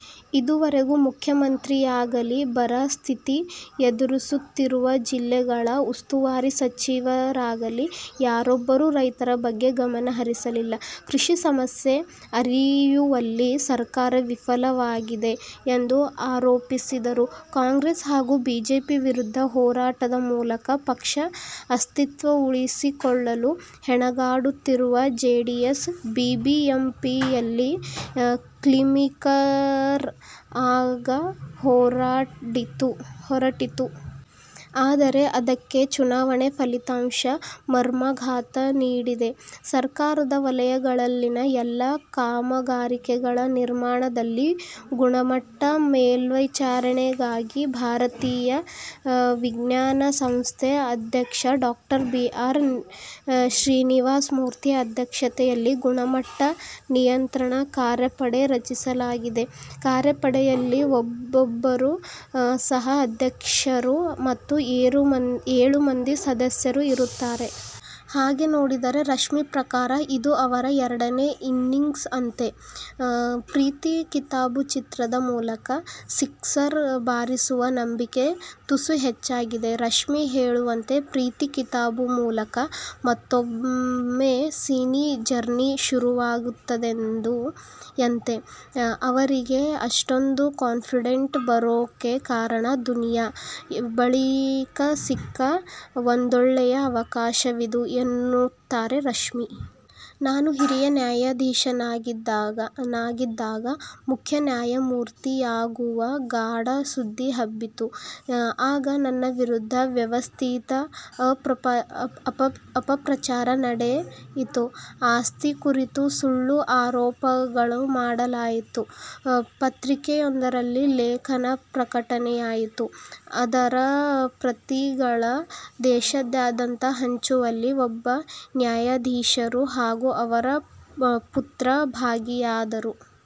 ಇದುವರೆಗೂ ಮುಖ್ಯಮಂತ್ರಿಯಾಗಲಿ, ಬರ ಸ್ಥಿತಿ ಎದುರಿಸುತ್ತಿರುವ ಜಿಲ್ಲೆಗಳ ಉಸ್ತುವಾರಿ ಸಚಿವರಾಗಲಿ ಯಾರೊಬ್ಬರೂ ರೈತರ ಬಗ್ಗೆ ಗಮನ ಹರಿಸಿಲ್ಲ. ಕೃಷಿ ಸಮಸ್ಯೆ ಅರಿಯುವಲ್ಲಿ ಸರ್ಕಾರ ವಿಫಲವಾಗಿದೆ ಎಂದು ಆರೋಪಿಸಿದರು. ಕಾಂಗ್ರೆಸ್ ಹಾಗೂ ಬಿಜೆಪಿ ವಿರುದ್ಧ ಹೋರಾಟದ ಮೂಲಕ ಪಕ್ಷದ ಅಸ್ತಿತ್ವ ಉಳಿಸಿಕೊಳ್ಳಲು ಹೆಣಗಾಡುತ್ತಿರುವ ಜೆಡಿಎಸ್, ಬಿಬಿಎಂಪಿಯಲ್ಲಿ ಕಿಂಗ್ಮೇಕರ್ ಆಗ ಹೊರಟಿತ್ತು. ಆದರೆ ಅದಕ್ಕೆ ಚುನಾವಣಾ ಫಲಿತಾಂಶ ಮರ್ಮಾಘಾತ ನೀಡಿದೆ. ಸರ್ಕಾರದ ವಲಯಗಳಲ್ಲಿನ ಎಲ್ಲಾ ಕಾಮಗಾರಿಗಳ ನಿರ್ಮಾಣದಲ್ಲಿ ಗುಣಮಟ್ಟ ಮೇಲ್ವಿಚಾರಣೆಗಾಗಿ ಭಾರತೀಯ ವಿಜ್ಞಾನ ಸಂಸ್ಥೆ ಅಧ್ಯಕ್ಷ ಡಾ. ಬಿ. ಆರ್. ಶ್ರೀನಿವಾಸಮೂರ್ತಿ ಅಧ್ಯಕ್ಷತೆಯಲ್ಲಿ ಗುಣಮಟ್ಟ ನಿಯಂತ್ರಣ ಕಾರ್ಯಪಡೆ ರಚಿಸಲಾಗಿದೆ. ಕಾರ್ಯಪಡೆಯಲ್ಲಿ ಒಬ್ಬರು ಸಹ ಅಧ್ಯಕ್ಷರು ಮತ್ತು ಏಳು ಮಂದಿ ಸದಸ್ಯರು ಇರುತ್ತಾರೆ. ಹಾಗೆ ನೋಡಿದರೆ, ರಶ್ಮಿ ಪ್ರಕಾರ ಇದು ಅವರ ಎರಡನೇ ಇನಿಂಗ್ಸ್ ಅಂತೆ. "ಪ್ರೀತಿ ಕಿತಾಬು' ಚಿತ್ರದ ಮೂಲಕ ಸಿಕ್ಸರ್ ಬಾರಿಸುವ ನಂಬಿಕೆ ತುಸು ಹೆಚ್ಚಾಗಿದೆ. ರಶ್ಮಿ ಹೇಳುವಂತೆ, "ಪ್ರೀತಿ ಕಿತಾಬು' ಮೂಲಕ ಮತ್ತೂಮ್ಮೆ ಸಿನಿ ಜರ್ನಿ ಶುರುವಾಗಿದೆಯಂತೆ. ಅವರಿಗೆ ಅಷ್ಟೊಂದು ಕಾನ್ಫಿಡೆಂಟ್ ಬರೋಕೆ ಕಾರಣ, "ದುನಿಯಾ' ಬಳಿಕ ಸಿಕ್ಕ ಒಂದೊಳ್ಳೆಯ ಅವಕಾಶವಿದು ಎನ್ನುತ್ತಾರೆ ರಶ್ಮಿ. "ನಾನು ಹಿರಿಯ ನ್ಯಾಯಾಧೀಶನಾಗಿದ್ದಾಗ ಮುಖ್ಯ ನ್ಯಾಯಮೂರ್ತಿಯಾಗುವ ಗಾಢ ಸುದ್ದಿ ಹಬ್ಬಿತ್ತು. ಆಗ ನನ್ನ ವಿರುದ್ಧ ವ್ಯವ ಸ್ಥಿತ ಅಪಪ್ರಚಾರ ನಡೆ ಯಿತು. ಆಸ್ತಿ ಕುರಿತು ಸುಳ್ಳು ಆರೋಪಗಳನ್ನು ಮಾಡಲಾಯಿತು. ಪತ್ರಿಕೆಯೊಂದರಲ್ಲಿ ಲೇಖನ ಪ್ರಕಟವಾಯಿತು. ಅದರ ಪ್ರತಿಗಳನ್ನು ದೇಶಾದ್ಯಂತ ಹಂಚುವಲ್ಲಿ ಒಬ್ಬ ನ್ಯಾಯಾಧೀಶರು ಹಾಗೂ ಅವರ ಪುತ್ರ ಭಾಗಿಯಾದರು.